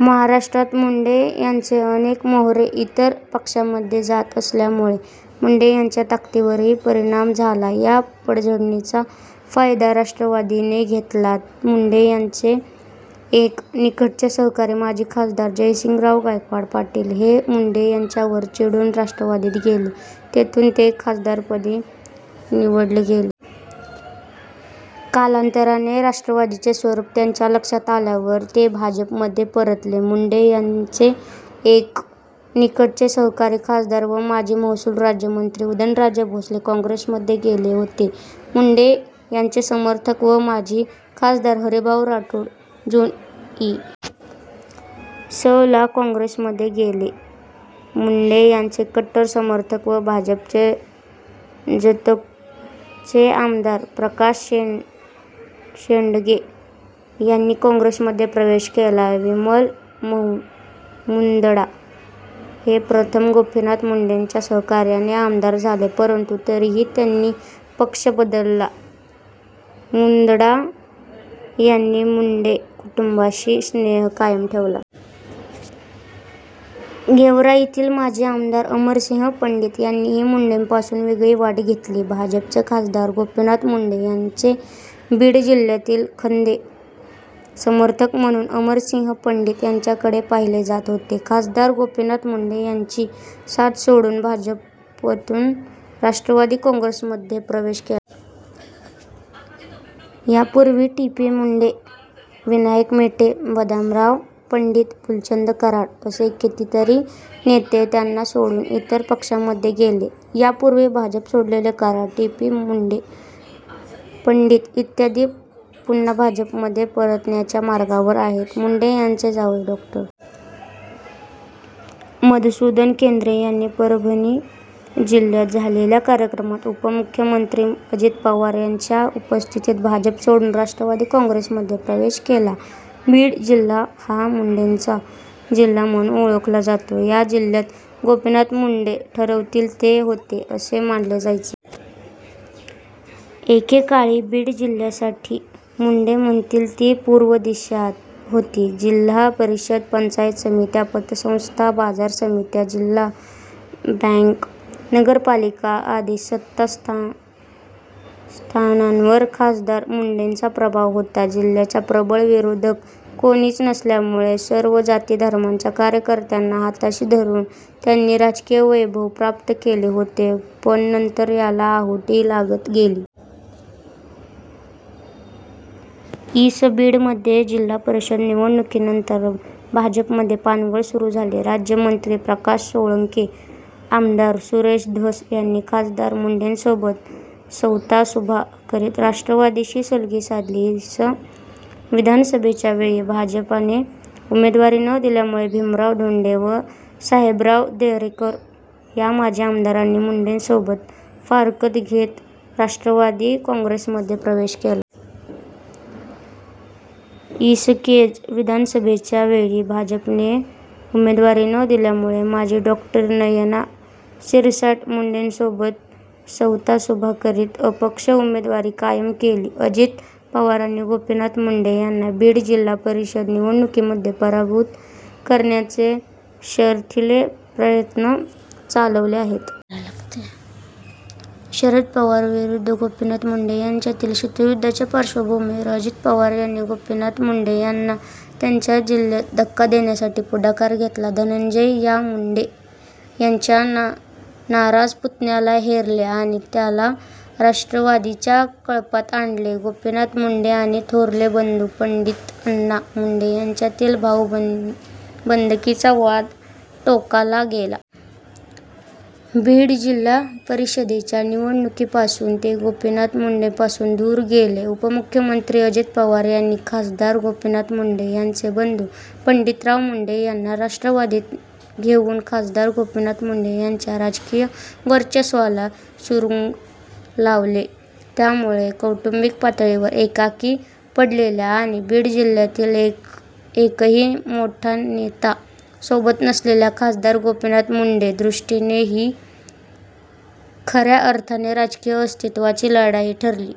महाराष्ट्रात मुंडे यांचे अनेक मोहरे इतर पक्षामध्ये जात असल्यामुळे मुंडे यांच्या ताकदीवरही परिणाम झाला. या पडझडीचा फायदा राष्ट्रवादीने घेतला. मुंडे यांचे एक निकटचे सहकारी माजी खासदार जयसिंहराव गायकवाड पाटील हे मुंडे यांच्यावर चिडून राष्ट्रवादीत गेले व तेथून ते खासदारपदी निवडले गेले. कालांतराने राष्ट्रवादीचे स्वरूप त्यांच्या लक्षात आल्यावर ते भाजपमध्ये परतले. मुंडे यांचे एक निकटचे सहकारी खासदार व माजी महसूल राज्यमंत्री उदयनराजे भोसले हे काँग्रेसमध्ये गेले होते. मुंडे यांचे समर्थक व माजी खासदार हरिभाऊ राठोड जून, इ. स. ला काँग्रेसमध्ये गेले. मुंडे यांचे कट्टर समर्थक व भाजपचे जतचे आमदार प्रकाश शेंडगे यांनी काँग्रेसमध्ये प्रवेश केला. विमल मुंदडा हे प्रथम गोपीनाथ मुंडेंच्या सहकार्याने आमदार झाले परंतु तरीही त्यांनी पक्ष बदलला. मुंदडा यांनी मुंडे कुटुंबाशी स्नेह कायम ठेवला. गेवराईतील माजी आमदार अमरसिंह पंडित यांनीही मुंडेंपासून वेगळी वाट घेतली. भाजपचे खासदार गोपीनाथ मुंडे यांचे बीडजिल्हय़ातील खन्दे समर्थक म्हणून अमरसिंह पण्डित यांच्याकडे पाहिले जात होते. खासदार गोपीनाथ मुंडे यांची साथ सोडून भाजपतून राष्ट्रवादी काँग्रेसमध्ये प्रवेश केला. यापूर्वीही टी. पी. मुंडे, विनायक मेटे, बदामराव पण्डित, फुलचंद कराड असे कितीतरी नेते त्यांना सोडून इतर पक्षांमध्ये गेले. यापूर्वी भाजप सोडलेले कराड, टी. पी. मुंडे, पंडित, इ. पुन्हा भाजपमध्ये परतण्याच्या मार्गावर आहेत. मुंडे यांचे जावई डॉ. मधुसुदन केन्द्रे यांनी परभणी जिल्ह्यात झालेल्या कार्यक्रमात उपमुख्यमंत्री अजित पवार यांच्या उपस्थितीत भाजप सोडून राष्ट्रवादी काँग्रेसमध्ये प्रवेश केला. बीड जिल्हा हा मुंडेंचा जिल्हा म्हणून ओळखला जातो. या जिल्ह्यात गोपीनाथ मुंडे ठरवतील ते होते असे मानले जायचे. एकेकाळी बीड जिल्ह्यासाठी मुंडे म्हणतील ती पूर्व दिशा होती. जिल्हा परिषद, पंचायत समित्या, पतसंस्था, बाजार समित्या, जिल्हा बँक, नगरपालिका आदी सत्तास्थानांवर खासदार मुंडेंचा प्रभाव होता. जिल्ह्यात प्रबळ विरोधक कोणीच नसल्यामुळे सर्व जाती-धर्मांच्या कार्यकर्त्यांना हाताशी धरून त्यांनी राजकीय वैभव प्राप्त केले होते, पण नंतर याला ओहोटी लागत गेली. इ. स. बीड मध्ये जिल्हा परिषद निवडणुकीनंतर भाजपमध्ये पानगळ सुरू झाली. राज्यमंत्री प्रकाश सोळंके, आमदार सुरेश धस यांनी खासदार मुंडेंसोबत सवतासुभा करीत राष्ट्रवादीशी सलगी साधली. इ. स. विधानसभेच्या वेळी भाजपाने उमेदवारी न दिल्यामुळे भीमराव धोण्डे व साहेबराव दरेकर या माजी आमदारांनी मुंडेंसोबत फारकत घेत राष्ट्रवादी काँग्रेसमध्ये प्रवेश केला. इ. स. केज विधानसभेच्या वेळी भाजपाने उमेदवारी न दिल्यामुळे माजी डॉ. नयना सिरसाट मुंडेंसोबत सवतासुभा करीत अपक्ष उमेदवारी कायम केली। अजित पवारांनी गोपीनाथ मुंडे यांना बीड जिल्हा परिषद निवडणुकीमध्ये पराभूत करण्याचे शर्थीचे प्रयत्न चालवले आहेत. शरद पवार विरुद्ध गोपीनाथ मुंडे यांच्यातील शीतयुद्धाच्या पार्श्वभूमीवर अजित पवार यांनी गोपीनाथ मुंडे यांना त्यांच्या जिल्ह्यात धक्का देण्यासाठी पुढाकार घेतला. धनंजय या मुंडे यांच्या नाराज पुतण्याला हेरले आणि त्याला राष्ट्रवादीच्या कळपात आणले. गोपीनाथ मुंडे आणि थोरले बंधू पण्डितअण्णा मुंडे यांच्यातील भाऊबंदकीचा वाद टोकाला गेला. बीड जिल्हा परिषदेच्या निवडणुकीपासून ते गोपीनाथ मुंडेपासून दूर गेले. उपमुख्यमंत्री अजित पवार यांनी खासदार गोपीनाथ मुंडे यांचे बंधू पण्डितराव मुंडे यांना राष्ट्रवादीत घेऊन खासदार गोपीनाथ मुंडे यांच्या राजकीय वर्चस्वाला सुरूंग लावले. त्यामुळे कौटुम्बिक पातळीवर एकाकी पडलेल्या आणि बीड जिल्ह्यातला एकही मोठा नेता सोबत नसल्याने खासदार गोपीनाथ मुंडेंच्या दृष्टीने ही खऱ्या अर्थाने राजकीय अस्तित्वाची लढाई ठरली.